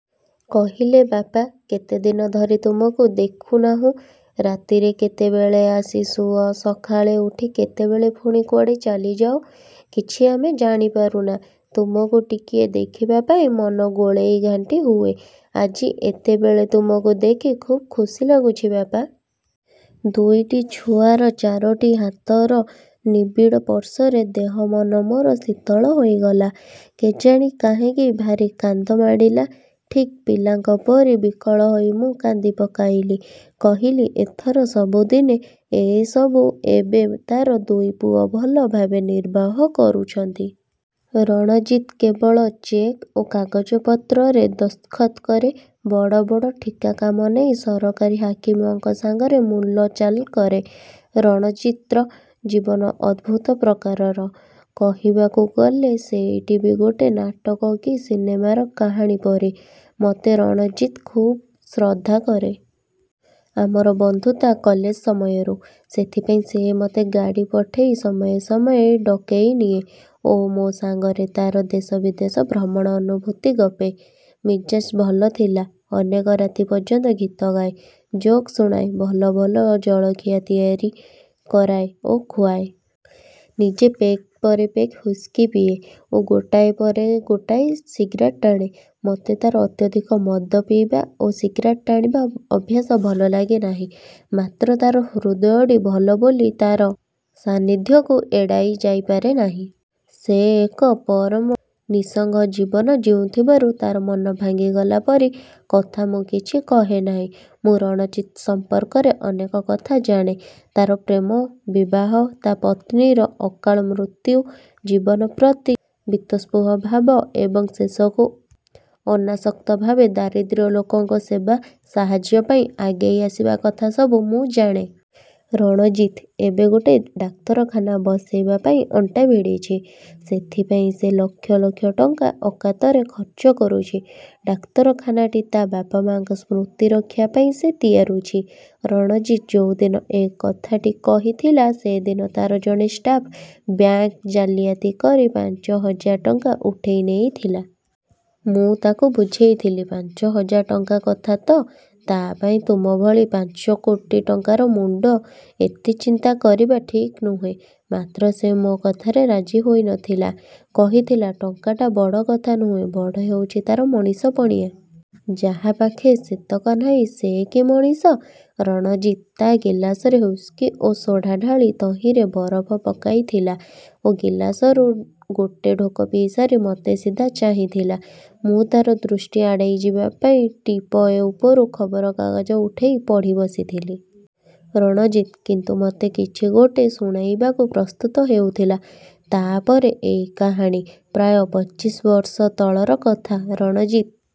କହିଲେ-ବାପା, କେତେଦିନ ଧରି ତୁମକୁ ଦେଖିନାହୁଁ। ରାତିରେ କେତେବେଳେ ଆସି ଶୁଅ, ସକାଳେ ଉଠି କେତେବେଳେ ପୁଣି କୁଆଡ଼େ ଚାଲିଯାଅ, କିଛି ଆମେ ଜାଣିପାରୁନା। ତୁମକୁ ଟିକିଏ ଦେଖିବାପାଇଁ ମନ ଗୋଳେଇ ଘାଣ୍ଟି ହୁଏ। ଆଜି ଏତେବେଳେ ତୁମକୁ ଦେଖି ଖୁବ୍ ଖୁସି ଲାଗୁଛି ବାପା। ଦୁଇଟି ଛୁଆର ଚାରୋଟି ହାତର ନିବୀଡ଼ ସ୍ପର୍ଶରେ ଦେହ ମନ ମୋର ଶୀତଳ ହୋଇଗଲା। କେଜାଣି କାହିଁକି ଭାରି କାନ୍ଦମାଡ଼ିଲା। ଠିକ୍ ପିଲାଙ୍କ ପରି ବିକଳ ହୋଇ ମୁଁ କାନ୍ଦିପକାଇଲି। କହିଲି-ଏଥର ସବୁଦିନେ। ଏସବୁ ଏବେ ତାର ଦୁଇ ପୁଅ ଭଲ ଭାବେ ନିର୍ବାହ କରୁଛନ୍ତି। ରଣଜିତ୍ କେବଳ ଚେକ୍ ଓ କାଗଜପତ୍ରରେ ଦସ୍ତଖତ କରେ, ବଡ଼ ବଡ଼ ଠିକା କାମ ନେଇ ସରକାରୀ ହାକିମଙ୍କ ସାଙ୍ଗରେ ମୂଲଚାଲ କରେ। ରଣଜିତ୍ର ଜୀବନ ଅଦ୍ଭୁତ ପ୍ରକାରର। କହିବାକୁ ଗଲେ ସେଇଟି ବି ଗୋଟେ ନାଟକ କି ସିନେମାର କାହାଣୀ ପରି। ମୋତେ ରଣଜିତ୍ ଖୁବ୍ ଶ୍ରଦ୍ଧା କରେ। ଆମର ବନ୍ଧୁତା କଲେଜ ସମୟରୁ। ସେଥିପାଇଁ ସେ ମୋତେ ଗାଡ଼ି ପଠେଇ ସମୟେ ସମୟେ ଡକେଇ ନିଏ ଓ ମୋ ସାଙ୍ଗରେ ତାର ଦେଶ-ବିଦେଶ ଭ୍ରମଣ ଅନୁଭୂତି ଗପେ। ମିଜାଜ୍ ଭଲ ଥିଲେ ଅନେକ ରାତି ପର୍ଯ୍ୟନ୍ତ ଗୀତ ଗାଏ, ଜୋକ୍ ଶୁଣାଏ, ଭଲ ଭଲ ଜଳଖିଆ ତିଆରି କରାଏ ଓ ଖୁଆଏ। ନିଜେ ପେଗ୍ ପରେ ପେଗ୍ ହ୍ୱିସ୍କି ପିଏ ଓ ଗୋଟାଏ ପରେ ଗୋଟାଏ ସିଗ୍ରେଟ୍ ଟାଣେ। ମୋତେ ତାର ଅତ୍ୟଧିକ ମଦ ପିଇବା ଓ ସିଗ୍ରେଟ୍ ଟାଣିବା ଅଭ୍ୟାସ ଭଲ ଲାଗେ ନାହିଁ, ମାତ୍ର ତାର ହୃଦୟଟି ଭଲ ବୋଲି ତାର ସାନ୍ନିଧ୍ୟକୁ ଏଡ଼େଇ ଯାଇପାରେ ନାହିଁ। ସେ ଏକ ପ୍ରକାର ନିଃସଙ୍ଗ ଜୀବନ ଜିଉଁଥିବାରୁ ତାର ମନ ଭାଙ୍ଗିଗଲା ପରି କଥା ମୁଁ କିଛି କହେ ନାହିଁ। ମୁଁ ରଣଜିତ୍ ସଂପର୍କରେ ଅନେକ କଥା ଜାଣେ। ତାର ପ୍ରେମ, ବିବାହ, ତା ପତ୍ନୀର ଅକାଳ ମୃତ୍ୟୁ, ଜୀବନ ପ୍ରତି ବୀତସ୍ପୃହ ଭାବ ଏବଂ ଶେଷକୁ ଅନାସକ୍ତ ଭାବେ ଦରିଦ୍ର ଲୋକଙ୍କ ସେବା-ସାହାଯ୍ୟ ପାଇଁ ଆଗେଇ ଆସିବା କଥା ସବୁ ମୁଁ ଜାଣେ। ରଣଜିତ୍ ଏବେ ଗୋଟେ ଡାକ୍ତରଖାନା ବସେଇବା ପାଇଁ ଅଣ୍ଟା ଭିଡ଼ିଛି। ସେଥିପାଇଁ ସେ ଲକ୍ଷ ଲକ୍ଷ ଟଙ୍କା ଅକାତରେ ଖର୍ଚ୍ଚ କରୁଛି। ଡାକ୍ତରଖାନାଟି ତା ବାପା ମାଆଙ୍କ ସ୍ମୃତି ରକ୍ଷା ପାଇଁ ସେ ତିଆରୁଛି। ରଣଜିତ୍ ଯୋଉଦିନ ଏ କଥାଟି କହିଥିଲା ସେଦିନ ତାର ଜଣେ ଷ୍ଟାଫ୍ ବ୍ୟାଙ୍କ୍ରୁ ଜାଲିଆତି କରି ପାଞ୍ଚହଜାର ଟଙ୍କା ଉଠେଇ ନେଇଥିଲା। ମୁଁ ତାକୁ ବୁଝେଇଥିଲି, ପାଞ୍ଚହଜାର ଟଙ୍କା କଥା ତ! ତା ପାଇଁ ତୁମ ଭଳି ପାଞ୍ଚକୋଟି ଟଙ୍କାର ମୁଣ୍ଡ ଏତେ ଚିନ୍ତା କରିବା ଠିକ୍ ନୁହେଁ। ମାତ୍ର ସେ ମୋ କଥାରେ ରାଜି ହୋଇ ନଥିଲା। କହିଥିଲା, 'ଟଙ୍କାଟା ବଡ଼ କଥା ନୁହେଁ, ବଡ଼ ହେଉଛି ତାର ମଣିଷପଣିଆ। ଯାହା ପାଖେ ସେତକ ନାହିଁ ସେ କି ମଣିଷ! ' ରଣଜିତ୍ ତା ଗିଲାସରେ ହ୍ୱିସ୍କି ଓ ସୋଡ଼ା ଢାଳି ତହିଁରେ ବରଫ ପକେଇଥିଲା ଓ ଗିଲାସରୁ ଗୋଟେ ଢୋକ ପିଇସାରି ମୋତେ ସିଧା ଚାହିଁଥିଲା। ମୁଁ ତାର ଦୃଷ୍ଟି ଆଡ଼େଇଯିବା ପାଇଁ ଟି-ପୟ ଉପରୁ ଖବରକାଗଜ ଉଠେଇ ପଢ଼ି ବସିଥିଲି। ରଣଜିତ୍ କିନ୍ତୁ ମୋତେ କିଛି ଗୋଟେ ଶୁଣେଇବାକୁ ପ୍ରସ୍ତୁତ ହେଉଥିଲା। ତା'ପରେ ଏଇ କାହାଣୀ। ପ୍ରାୟ ପଚିଶ ବର୍ଷ ତଳର କଥା। ରଣଜିତ୍